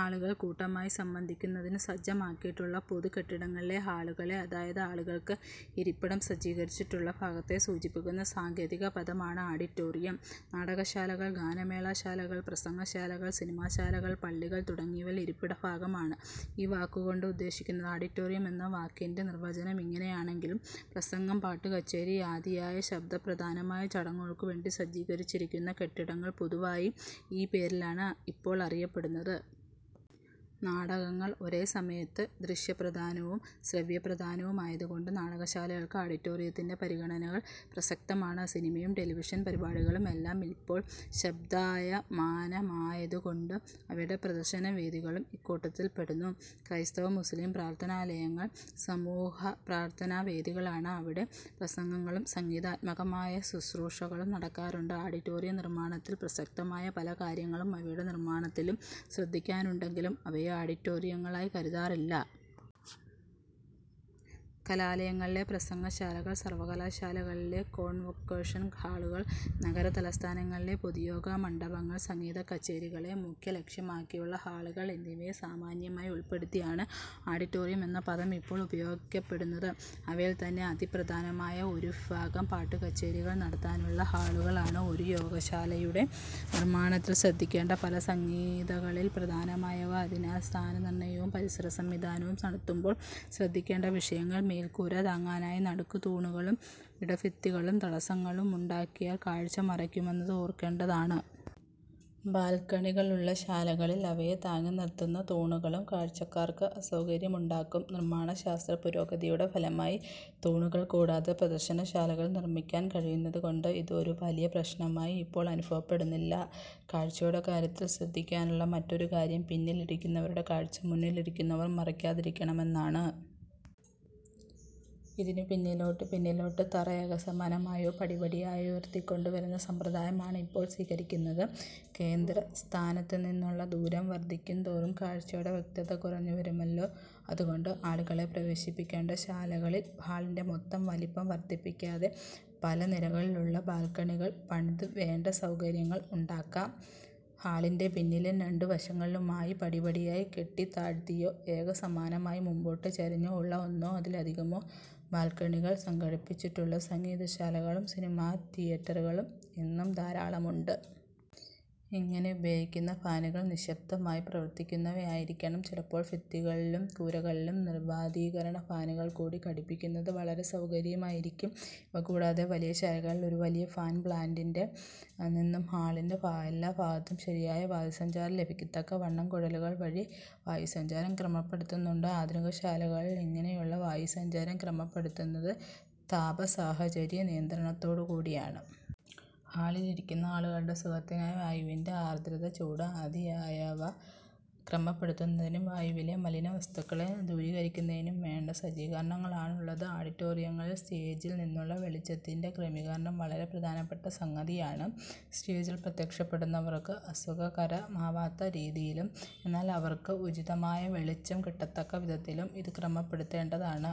ആളുകൾ കൂട്ടമായി സംബന്ധിക്കുന്നതിനു സജ്ജമാക്കിയിട്ടുള്ള പൊതു കെട്ടിടങ്ങളിലെ ഹാളുകളെ അതായത് ആളുകൾക്ക് ഇരിപ്പിടം സജ്ജീകരിച്ചിട്ടുള്ള ഭാഗത്തെ സൂചിപ്പിക്കുന്ന സാങ്കേതികപദമാണ് ആഡിറ്റോറിയം. നാടകശാലകൾ, ഗാനമേളാശാലകൾ, പ്രസംഗശാലകൾ, സിനിമാശാലകൾ, പള്ളികൾ തുടങ്ങിയവയിലെ ഇരിപ്പിടഭാഗമാണ് ഈ വാക്കുകൊണ്ട് ഉദ്ദേശിക്കുന്നത്. ആഡിറ്റോറിയം എന്ന വാക്കിന്റെ നിർവചനം ഇങ്ങനെയാണെങ്കിലും, പ്രസംഗം, പാട്ടുകച്ചേരി ആദിയായ ശബ്ദപ്രധാനമായ ചടങ്ങുകൾക്കു വേണ്ടി സജ്ജീകരിച്ചിരിക്കുന്ന കെട്ടിടങ്ങൾ പൊതുവായി ഈ പേരിലാണ് ഇപ്പോൾ അറിയപ്പെടുന്നത്. നാടകങ്ങൾ ഒരേ സമയത്തു ദൃശ്യപ്രധാനവും ശ്രവ്യപ്രധാനവും ആയതുകൊണ്ട് നാടകശാലകൾക്ക് ആഡിറ്റോറിയത്തിന്റെ പരിഗണനകൾ പ്രസക്തമാണ്. സിനിമയും ടെലിവിഷൻ പരിപാടികളും എല്ലാം ഇപ്പോൾ ശബ്ദായമാനമായതുകൊണ്ട് അവയുടെ പ്രദർശനവേദികളും ഇക്കൂട്ടത്തിൽപ്പെടുന്നു. ക്രൈസ്തവ-മുസ്ലിം പ്രാർഥനാലയങ്ങൾ സമൂഹപ്രാർഥനാവേദികളാണ്. അവിടെ പ്രസംഗങ്ങളും സംഗീതാത്മകമായ ശുശ്രൂഷകളും നടക്കാറുണ്ട്. ആഡിറ്റോറിയനിർമ്മാണത്തിൽ പ്രസക്തമായ പല കാര്യങ്ങളും അവയുടെ നിർമ്മാണത്തിലും ശ്രദ്ധിക്കാനുണ്ടെങ്കിലും അവയെ ആഡിറ്റോറിയങ്ങളായി കരുതാറില്ല. കലാലയങ്ങളിലെ പ്രസംഗശാലകൾ, സർവകലാശാലകളിലെ കോൺവൊക്കേഷൻ ഹാളുകൾ, നഗരതലസ്ഥാനങ്ങളിലെ പൊതുയോഗമണ്ഡപങ്ങൾ, സംഗീതക്കച്ചേരികളെ മുഖ്യലക്ഷ്യമാക്കിയുള്ള ഹാളുകൾ എന്നിവയെ സാമാന്യമായി ഉൾപ്പെടുത്തിയാണ് ആഡിറ്റോറിയം എന്ന പദം ഇപ്പോൾ ഉപയോഗിക്കപ്പെടുന്നത്. അവയിൽത്തന്നെ അതിപ്രധാനമായ ഒരു വിഭാഗം പാട്ടുകച്ചേരികൾ നടത്താനുള്ള ഹാളുകളാണ്. ഒരു യോഗശാലയുടെ നിർമ്മാണത്തിൽ ശ്രദ്ധിക്കേണ്ട പല സംഗതികളിൽ പ്രധാനമായവ, അതിനാൽ സ്ഥാനനിർണയവും പരിസരസംവിധാനവും നടത്തുമ്പോൾ ശ്രദ്ധിക്കേണ്ട വിഷയങ്ങൾ മേൽക്കൂര താങ്ങാനായി നടുക്ക് തൂണുകളും ഇടഭിത്തികളും തടസ്സങ്ങളും ഉണ്ടാക്കിയാൽ കാഴ്ച മറയ്ക്കുമെന്നത് ഓർക്കേണ്ടതാണ്. ബാൽക്കണികൾ ഉള്ള ശാലകളിൽ അവയെ താങ്ങിനിർത്തുന്ന തൂണുകളും കാഴ്ചക്കാർക്ക് അസൌകര്യം ഉണ്ടാക്കും. നിർമ്മാണശാസ്ത്രപുരോഗതിയുടെ ഫലമായി തൂണുകൾ കൂടാതെ പ്രദർശനശാലകൾ നിർമ്മിക്കാൻ കഴിയുന്നതുകൊണ്ട് ഇത് ഒരു വലിയ പ്രശ്നമായി ഇപ്പോൾ അനുഭവപ്പെടുന്നില്ല. കാഴ്ചയുടെ കാര്യത്തിൽ ശ്രദ്ധിക്കാനുള്ള മറ്റൊരു കാര്യം പിന്നിൽ ഇരിക്കുന്നവരുടെ കാഴ്ച മുന്നിൽ ഇരിക്കുന്നവർ മറയ്ക്കാതിരിക്കണം എന്നതാണ്. ഇതിനു പിന്നിലോട്ട് പിന്നിലോട്ട് തറ ഏകസമാനമായോ പടിപടിയായോ ഉയർത്തിക്കൊണ്ടു വരുന്ന സമ്പ്രദായമാണ് ഇപ്പോൾ സ്വീകരിക്കുന്നത്. കേന്ദ്രസ്ഥാനത്തുനിന്നുള്ള ദൂരം വർധിക്കുന്തോറും കാഴ്ചയുടെ വ്യക്തത കുറഞ്ഞുവരുമല്ലോ. അതുകൊണ്ട് ആളുകളെ പ്രവേശിപ്പിക്കേണ്ട ശാലകളിൽ ഹാളിന്റെ മൊത്തം വലിപ്പം വർധിപ്പിക്കാതെ, പല നിരകളിലുള്ള ബാൽക്കണികൾ പണിത് വേണ്ട സൌകര്യങ്ങൾ ഉണ്ടാക്കാം. ഹാളിന്റെ പിന്നിലും രണ്ടു വശങ്ങളിലുമായി പടിപടിയായി കെട്ടി താഴ്ത്തിയോ, ഏകസമാനമായി മുമ്പോട്ട് ചരിഞ്ഞോ ഉള്ള ഒന്നോ അതിലധികമോ ബാൽക്കണികൾ സംഘടിപ്പിച്ചിട്ടുള്ള സംഗീതശാലകളും സിനിമാതിയെറ്ററുകളും ഇന്നു ധാരാളമുണ്ട്. ഇങ്ങനെ ഉപയോഗിക്കുന്ന ഫാനുകൾ നിശ്ശബ്ദമായി പ്രവർത്തിക്കുന്നവയായിരിക്കണം. ചിലപ്പോൾ ഭിത്തികളിലും കൂരകളിലും നിർവാതീകരണഫാനുകൾ കൂടി ഘടിപ്പിക്കുന്നത് വളരെ സൗകര്യമായിരിക്കും. ഇവ കൂടാതെ വലിയ ശാലകളിൽ ഒരു വലിയ ഫാൻ പ്ലാന്റിൽ നിന്നും ഹാളിന്റെ എല്ലാഭാഗത്തും ശരിയായി വായുസഞ്ചാരം ലഭിക്കത്തക്കവണ്ണം കുഴലുകൾവഴിയായി വായുസഞ്ചാരം ക്രമപ്പെടുത്തുന്നുണ്ട്. ആധുനികശാലകളിൽ ഇങ്ങനെയുള്ള വായുസഞ്ചാരം ക്രമപ്പെടുത്തുന്നത് താപസാഹചര്യനിയന്ത്രണത്തോടുകൂടിയാണ്. ഹാളിൽ ഇരിക്കുന്ന ആളുകളുടെ സുഖത്തിനായി വായുവിന്റെ ആർദ്രത, ചൂട് ആദിയായവ ക്രമപ്പെടുത്തുന്നതിനും വായുവിലെ മലിനവസ്തുക്കളെ ദൂരീകരിക്കുന്നതിനും വേണ്ട സജ്ജീകരണങ്ങളാണുള്ളത്. ആഡിറ്റോറിയങ്ങളിൽ സ്റ്റേജിൽ നിന്നുള്ള വെളിച്ചത്തിന്റെ ക്രമീകരണം വളരെ പ്രധാനപ്പെട്ട സംഗതിയാണ്. സ്റ്റേജിൽ പ്രത്യക്ഷപ്പെടുന്നവർക്ക് അസുഖകരമാവാത്ത രീതിയിലും, എന്നാൽ അവർക്ക് ഉചിതമായ വെളിച്ചം കിട്ടത്തക്ക വിധത്തിലും ഇതു ക്രമപ്പെടുത്തേണ്ടതാണ്.